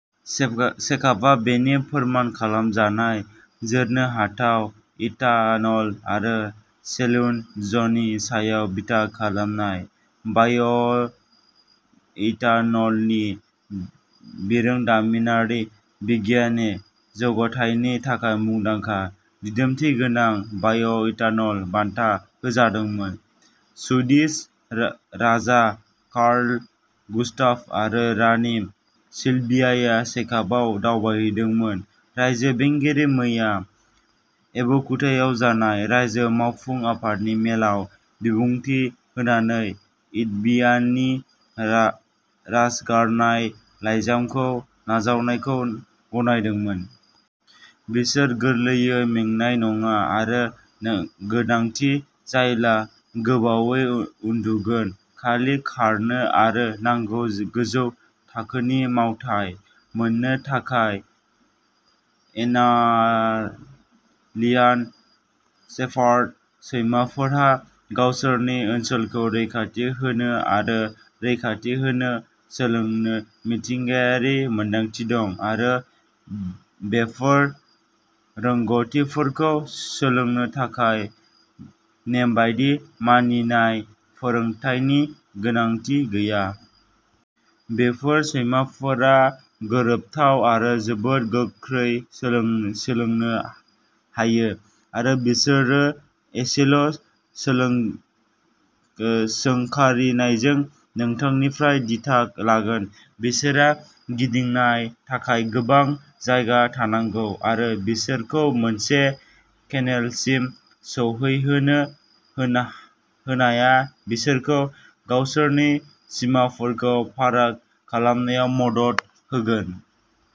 सेकाबआ बेनि फोरमान खालामजानाय जोरनो हाथाव इथानल आरो सेलुल'जनि सायाव बिथा खालामनाय बाय'इथानलनि बिरोंदामिनारि-बिगियाननि जौगाथायनि थाखाय मुंदांखा "दिदोमथि गोनां बाय'इथानल बान्था" होजादोंमोन। सुइडिश राजा कार्ल गुस्ताफ आरो रानि सिलभियाया सेकाबआव दावबायहैदोंमोन। रायजो बेंगिरिया मैया एब'कुटायाव जानाय रायजो मावफुं आफादनि मेलाव बिबुंथि होनानै एडबियानि राजगारनाय लाइजामखौ नाजावनायखौ गनायदोंमोन। बिसोर गोरलैयै मेंनाय नङा, आरो गोनांथि जायोब्ला गोबावै उन्दुगोन खालि खारनो आरो नांगौ गोजौ थाखोनि मावथाय मोननो थाखाय। एनाटलियान शेफार्ड सैमाफोरहा गावसोरनि ओनसोलखौ रैखाथि होनो आरो रैखाथि होनो सोलोंनो मिथिंगायारि मोनदांथि दं, आरो बेफोर रोंग'थिफोरखौ सोलोंनो थाखाय नेमबादि मानिनाय फोरोंथायनि गोनांथि गैया। बेफोर सैमाफोरा गोरोबथाव आरो जोबोद गोख्रै सोलोंनो हायो, आरो बिसोरो एसेल'सोंखारिनायजों नोंथांनिफ्राय दिथा लागोन। बिसोरहा गिदिंनो थाखाय गोबां जायगा थानांगौ, आरो बिसोरखौ मोनसे केनेलसिम सौहैहोनो होनाया बिसोरखौ गावसोरनि सिमाफोरखौ फाराग खालामनायाव मदद होगोन।